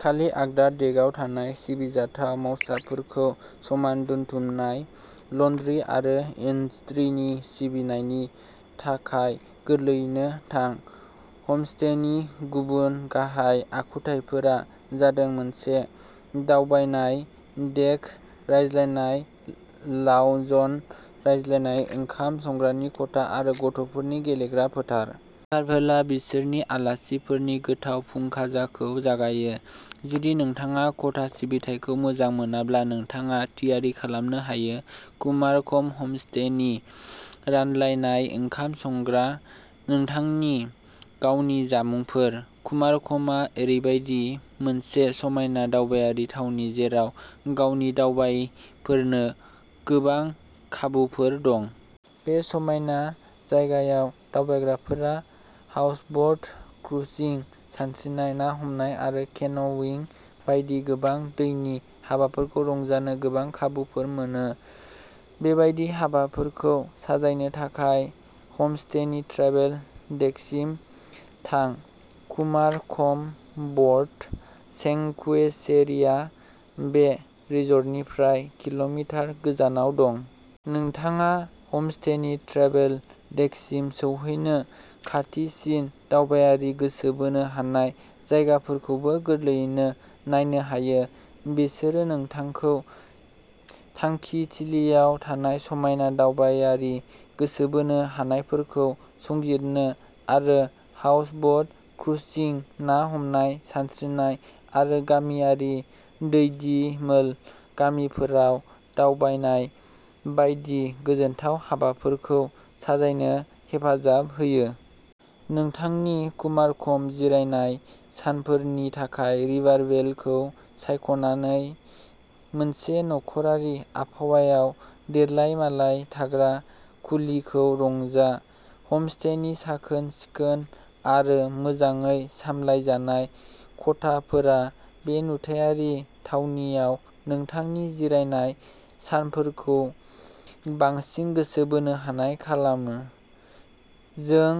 खालि आगदा डेस्कआव थानाय साबजाथाव मावसाफोरखौ समान दोनथुमनाय, लान्ड्रि आरो इस्त्रिनि सिबिथायनि थाखाय गोरलैयैनो थां। हमस्टेनि गुबुन गाहाय आखुथायफोरा जादों मोनसे दावबायनाय डेस्क, रानलायनाय लाउन्ज, रानलायनाय ओंखाम संग्रानि खथा आरो गथ'फोरनि गेलेग्रा फोथार। रिभारभिलआ बिसोरनि आलासिफोरनो गोथाव फुंखाजाखौ जगायो। जुदि नोंथाङा खथा सिबिथायखौ मोजां मोनाब्ला, नोंथाङा थियारि खालामनो हायो। कुमारकम हमस्टेनि रानलायनाय ओंखाम संग्रायाव नोंथांनि गावनि जामुंफोर। कुमारकमआ ओरैबायदि मोनसे समायना दावबायारि थावनि जेराव गावसोरनि दावबायारिफोरनो गोबां खाबुफोर दं। बे समायना जायगायाव दावबायग्राफोरा हाउसबोट क्रुइजिं, सानस्रिनाय, ना हमनाय आरो केन'इं बायदि गोबां दैनि हाबाफोरखौ रंजानो गोबां खाबुफोर मोनो। बेबादि हाबाफोरखौ साजायनो थाखाय हमस्टेनि ट्रेभेल डेस्कसिम थां। कुमारकम बार्ड सेंक्सुयेरिया बे रिसर्टनिफ्राय किल'मिटारल'गोजानाव दं। नोंथाङा हमस्टेनि ट्रेभेल डेस्कसिम सौहैनानै खाथिसिन दावबायारि गोसो बोनो हानाय जायगाफोरखौबो गोरलैयैनो नायनो हायो। बिसोरो नोंथांखौ थांखिथिलियाव थानाय समायना दावबायारि गोसो बोनो हानायफोरखौ संजिरनो आरो हाउसबोट क्रुइजिं, ना हमनाय, सानस्रिनाय आरो गामियारि दैदिमोल गामिफोराव दावबायनाय बायदि गोजोनथाव हाबाफोरखौ साजायनो हेफाजाब होयो। नोंथांनि कुमारकम जिरायनाय सानफोरनि थाखाय रिभारभिलखौ सायख'नानै मोनसे नखरारि आबहावायाव देलायमालाय थाग्रा खुलिखौ रंजा। हमस्टेनि साखोन-सिखोन आरो मोजाङै सामलायजानाय खथाफोरा बे नुथायारि थावनिआव नोंथांनि जिरायनाय सानफोरखौ बांसिन गोसो बोनो हानाय खालामो। जों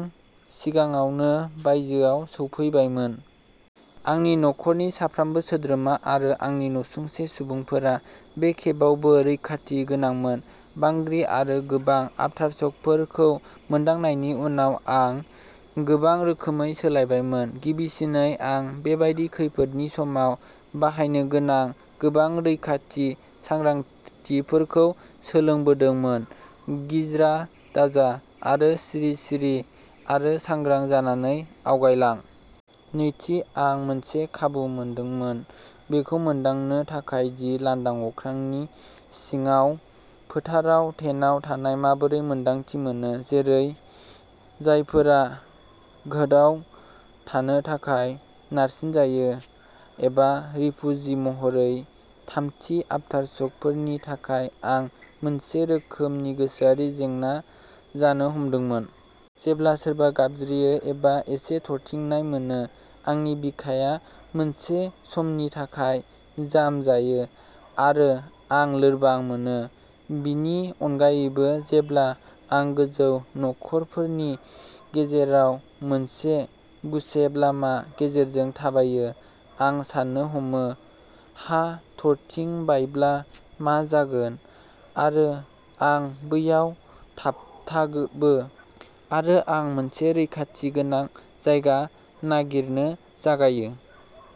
सिगाङावनो बायजोआव सफैबायमोन। आंनि नखरनि साफ्रोमबो सोद्रोमा आरो आंनि नसुंसेनि सुबुंफोरा बे खेबावबो रैखाथि गोनांमोन। बांग्रि आरो गोबां आफटारशकफोरखौ मोनदांनायनि उनाव, आं गोबां रोखोमै सोलायबायमोन। गिबिसिनै, आं बेबादि खैफोदनि समाव बाहायनो गोनां गोबां रैखाथि सांग्रांथिफोरखौ सोलोंदोंमोन; गिज्रा दाजा आरो सिरि-सिरि आरो सांग्रां जानानै आवगायलां। नैथि, आं मोनसे खाबु मोनदोंमोन बेखौ मोनदांनो थाखाय दि लांदां अख्रांनि सिङाव फोथाराव टेन्टआव थानाया माबोरै मोन्दांथि मोनो, जेरै जायफोरा घेट्ट'आव थानो थाखाय नारसिनजायो एबा रिफुजि महरै। थामथि, आफटारसकफोरनि थाखाय, आं मोनसे रोखोमनि गोसोआरि जेंना जानो हमदोंमोन। जेब्लानो सोरबा गाबज्रियो एबा एसे थरथिंनाय मोनो, आंनि बिखाया मोनसे समनि थाखाय जमा जायो आरो आं लोरबां मोनो। बेनि अनगायैबो, जेब्ला आं गोजौ न'फोरनि गेजेराव मोनसे गुसेब लामा गेजेरजों थाबायो, आं साननो हमो "हा थरथिंबायब्ला मा जागोन आरो आं बैयाव थाबथाबो? " आरो आं मोनसे रैखाथि गोनां जायगा नागिरनो जागायो।